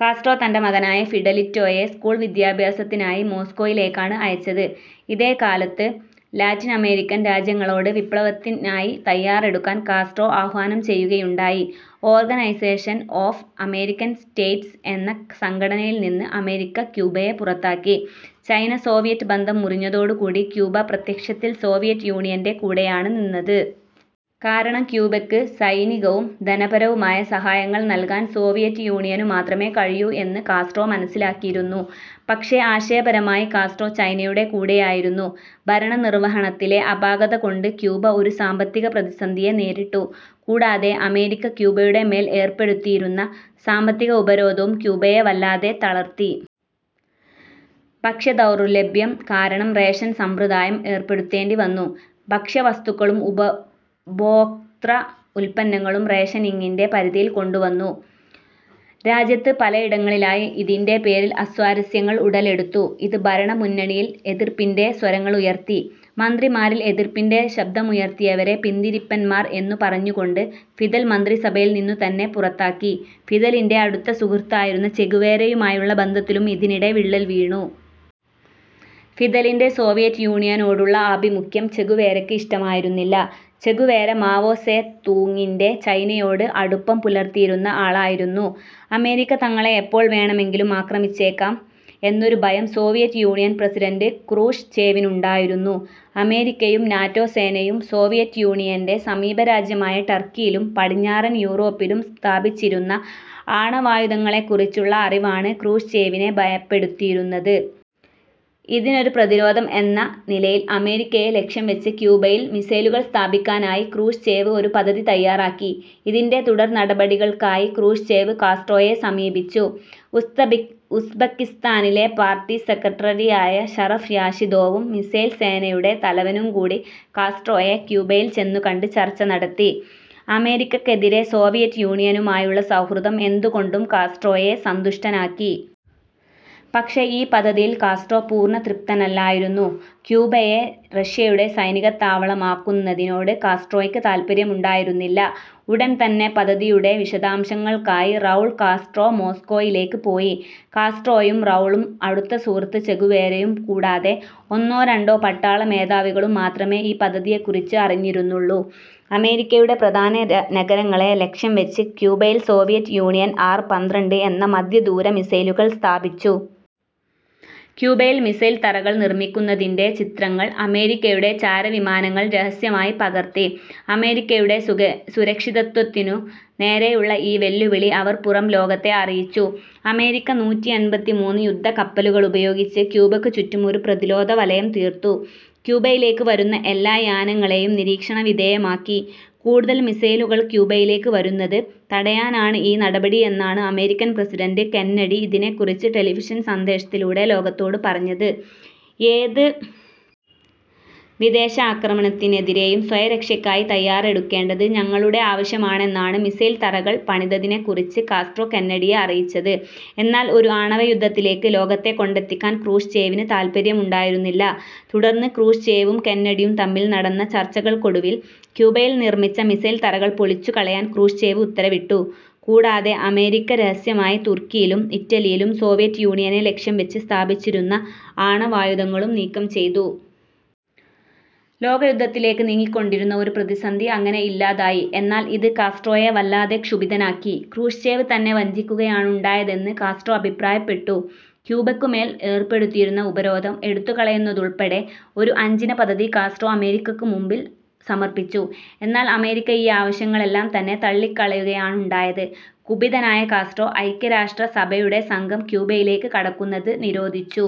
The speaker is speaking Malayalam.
കാസ്ട്രോ തൻറെ മകനായ ഫിഡെലിറ്റോയെ സ്കൂൾ വിദ്യാഭ്യാസത്തിനായി മോസ്കോയിലേക്കാണ് അയച്ചത്. ഇതേകാലത്ത് ലാറ്റിനമേരിക്കൻ രാജ്യങ്ങളോട് വിപ്ലവത്തിനായി തയ്യാറെടുക്കാൻ കാസ്ട്രോ ആഹ്വാനം ചെയ്യുകയുണ്ടായി. ഓർഗനൈസേഷൻ ഓഫ് അമേരിക്കൻ സ്റ്റേറ്റ്സ് എന്ന സംഘടനയിൽനിന്ന് അമേരിക്ക ക്യൂബയെ പുറത്താക്കി. ചൈന സോവിയറ്റ് ബന്ധം മുറിഞ്ഞതോടുകൂടി ക്യൂബ പ്രത്യക്ഷത്തിൽ സോവിയറ്റ് യൂണിയൻറെ കൂടെയാണ് നിന്നത്. കാരണം ക്യൂബയ്ക്ക് സൈനികവും ധനപരവുമായ സഹായങ്ങൾ നൽകാൻ സോവിയറ്റ് യൂണിയനു മാത്രമേ കഴിയൂ എന്ന് കാസ്ട്രോ മനസ്സിലാക്കിയിരുന്നു. പക്ഷേ ആശയപരമായി കാസ്ട്രോ ചൈനയുടെ കൂടെയായിരുന്നു. ഭരണനിർവഹണത്തിലെ അപാകതകൊണ്ട് ക്യൂബ ഒരു സാമ്പത്തിക പ്രതിസന്ധിയെ നേരിട്ടു. കൂടാതെ അമേരിക്ക ക്യൂബയുടെ മേൽ ഏർപ്പെടുത്തിയിരുന്ന സാമ്പത്തിക ഉപരോധവും ക്യൂബയെ വല്ലാതെ തളർത്തി. ഭക്ഷ്യദൗർലഭ്യം കാരണം റേഷൻ സമ്പ്രദായം ഏർപ്പെടുത്തേണ്ടിവന്നു. ഭക്ഷ്യവസ്തുക്കളും ഉപഭോക് ത്ര ഉൽപ്പന്നങ്ങളും റേഷനിങ്ങിൻറെ പരിധിയിൽ കൊണ്ടുവന്നു. രാജ്യത്ത് പലയിടങ്ങളിലായി ഇതിൻറെ പേരിൽ അസ്വാരസ്യങ്ങൾ ഉടലെടുത്തു. ഇത് ഭരണ മുന്നണിയിൽ എതിർപ്പിൻറെ സ്വരങ്ങളുയർത്തി. മന്ത്രിമാരിൽ എതിർപ്പിൻറെ ശബ്ദമുയർത്തിയവരെ പിന്തിരിപ്പന്മാർ എന്നു പറഞ്ഞുകൊണ്ട് ഫിദൽ മന്ത്രിസഭയിൽനിന്നുതന്നെ പുറത്താക്കി. ഫിദലിൻറെ അടുത്ത സുഹൃത്തായിരുന്ന ചെഗുവേരയുമായുള്ള ബന്ധത്തിലും ഇതിനിടെ വിള്ളൽ വീണു. ഫിദലിൻറെ സോവിയറ്റ് യൂണിയനോടുള്ള ആഭിമുഖ്യം ചെഗുവേരയ്ക്ക് ഇഷ്ടമായിരുന്നില്ല. ചെ ഗുവേര മാവോ സേ തൂങ്ങിൻറെ ചൈനയോട് അടുപ്പം പുലർത്തിയിരുന്ന ആളായിരുന്നു. അമേരിക്ക തങ്ങളെ എപ്പോൾ വേണമെങ്കിലും ആക്രമിച്ചേക്കാം എന്നൊരു ഭയം സോവിയറ്റ് യൂണിയൻ പ്രസിഡന്റ് ക്രൂഷ്ചേവിനുണ്ടായിരുന്നു. അമേരിക്കയും നാറ്റോ സേനയും സോവിയറ്റ് യൂണിയൻറെ സമീപരാജ്യമായ ടർക്കിയിലും പടിഞ്ഞാറൻ യൂറോപ്പിലും സ്ഥാപിച്ചിരുന്ന ആണവായുധങ്ങളെക്കുറിച്ചുള്ള അറിവാണ് ക്രൂഷ്ചേവിനെ ഭയപ്പെടുത്തിയിരുന്നത്. ഇതിനൊരു പ്രതിരോധം എന്ന നിലയിൽ അമേരിക്കയെ ലക്ഷ്യംവെച്ച് ക്യൂബയിൽ മിസൈലുകൾ സ്ഥാപിക്കാനായി ക്രൂഷ്ചേവ് ഒരു പദ്ധതി തയ്യാറാക്കി. ഇതിൻറെ തുടർനടപടികൾക്കായി ക്രൂഷ്ചേവ് കാസ്ട്രോയെ സമീപിച്ചു. ഉസ്തബിക് ഉസ്ബക്കിസ്ഥാനിലെ പാർട്ടി സെക്രട്ടറിയായ ഷറഫ് റാഷിദോവും മിസൈൽ സേനയുടെ തലവനും കൂടി കാസ്ട്രോയെ ക്യൂബയിൽ ചെന്നുകണ്ട് ചർച്ച നടത്തി. അമേരിക്കക്കെതിരേ സോവിയറ്റ് യൂണിയനുമായുള്ള സൗഹൃദം എന്തുകൊണ്ടും കാസ്ട്രോയെ സന്തുഷ്ടനാക്കി. പക്ഷേ ഈ പദ്ധതിയിൽ കാസ്ട്രോ പൂർണ്ണ തൃപ്തനല്ലായിരുന്നു. ക്യൂബയെ റഷ്യയുടെ സൈനികത്താവളമാക്കുന്നതിനോട് കാസ്ട്രോയ്ക്ക് താൽപര്യമുണ്ടായിരുന്നില്ല. ഉടൻതന്നെ പദ്ധതിയുടെ വിശദാംശങ്ങൾക്കായി റൗൾ കാസ്ട്രോ മോസ്കോയിലേക്ക് പോയി. കാസ്ട്രോയും റൗളും അടുത്ത സുഹൃത്ത് ചെ ഗുവേരയും കൂടാതെ ഒന്നോ രണ്ടോ പട്ടാള മേധാവികളും മാത്രമേ ഈ പദ്ധതിയെക്കുറിച്ച് അറിഞ്ഞിരുന്നുള്ളൂ. അമേരിക്കയുടെ പ്രധാന നഗരങ്ങളെ ലക്ഷ്യംവെച്ച് ക്യൂബയിൽ സോവിയറ്റ് യൂണിയൻ ആർ പന്ത്രണ്ട് എന്ന മധ്യദൂര മിസൈലുകൾ സ്ഥാപിച്ചു. ക്യൂബയിൽ മിസൈൽത്തറകൾ നിർമ്മിക്കുന്നതിൻറെ ചിത്രങ്ങൾ അമേരിക്കയുടെ ചാരവിമാനങ്ങൾ രഹസ്യമായി പകർത്തി. അമേരിക്കയുടെ സുഖ സുരക്ഷിതത്വത്തിനു നേരെയുള്ള ഈ വെല്ലുവിളി അവർ പുറംലോകത്തെ അറിയിച്ചു. അമേരിക്ക നൂറ്റിയെൺപത്തിമൂന്ന് യുദ്ധക്കപ്പലുകളുപയോഗിച്ച് ക്യൂബയ്ക്കു ചുറ്റും ഒരു പ്രതിരോധവലയം തീർത്തു. ക്യൂബയിലേക്ക് വരുന്ന എല്ലാ യാനങ്ങളേയും നിരീക്ഷണവിധേയമാക്കി. കൂടുതൽ മിസൈലുകൾ ക്യൂബയിലേക്ക് വരുന്നത് തടയാനാണ് ഈ നടപടി എന്നാണ് അമേരിക്കൻ പ്രസിഡന്റ് കെന്നഡി ഇതിനെക്കുറിച്ച് ടെലിവിഷൻ സന്ദേശത്തിലൂടെ ലോകത്തോട് പറഞ്ഞത്. ഏത് വിദേശ ആക്രമണത്തിനെതിരെയും സ്വയരക്ഷയ്ക്കായി തയ്യാറെടുക്കേണ്ടത് ഞങ്ങളുടെ ആവശ്യമാണെന്നാണ് മിസൈൽത്തറകൾ പണിതതിനെക്കുറിച്ച് കാസ്ട്രോ കെന്നഡിയെ അറിയിച്ചത്. എന്നാൽ ഒരു ആണവയുദ്ധത്തിലേക്ക് ലോകത്തെ കൊണ്ടെത്തിക്കാൻ ക്രൂഷ്ചേവിന് താൽപര്യമുണ്ടായിരുന്നില്ല. തുടർന്ന് ക്രൂഷ്ചേവും കെന്നഡിയും തമ്മിൽ നടന്ന ചർച്ചകൾക്കൊടുവിൽ ക്യൂബയിൽ നിർമ്മിച്ച മിസൈൽത്തറകൾ പൊളിച്ചുകളയാൻ ക്രൂഷ്ചേവ് ഉത്തരവിട്ടു. കൂടാതെ അമേരിക്ക രഹസ്യമായി തുർക്കിയിലും ഇറ്റലിയിലും സോവിയറ്റ് യൂണിയനെ ലക്ഷ്യംവെച്ച് സ്ഥാപിച്ചിരുന്ന ആണവായുധങ്ങളും നീക്കം ചെയ്തു. ലോകയുദ്ധത്തിലേക്ക് നീങ്ങിക്കൊണ്ടിരുന്ന ഒരു പ്രതിസന്ധി അങ്ങനെ ഇല്ലാതായി. എന്നാൽ ഇത് കാസ്ട്രോയെ വല്ലാതെ ക്ഷുഭിതനാക്കി. ക്രൂഷ്ചേവ് തന്നെ വഞ്ചിക്കുകയാണുണ്ടായതെന്ന് കാസ്ട്രോ അഭിപ്രായപ്പെട്ടു. ക്യൂബയ്ക്കുമേൽ ഏർപ്പെടുത്തിയിരുന്ന ഉപരോധം എടുത്തുകളയുന്നതുൾപ്പെടെ ഒരു അഞ്ചിന പദ്ധതി കാസ്ട്രോ അമേരിക്കയ്ക്കു മുമ്പിൽ സമർപ്പിച്ചു. എന്നാൽ അമേരിക്ക ഈ ആവശ്യങ്ങളെല്ലാം തന്നെ തള്ളിക്കളയുകയാണുണ്ടായത്. കുപിതനായ കാസ്ട്രോ ഐക്യരാഷ്ട്രസഭയുടെ സംഘം ക്യൂബയിലേക്ക് കടക്കുന്നത് നിരോധിച്ചു.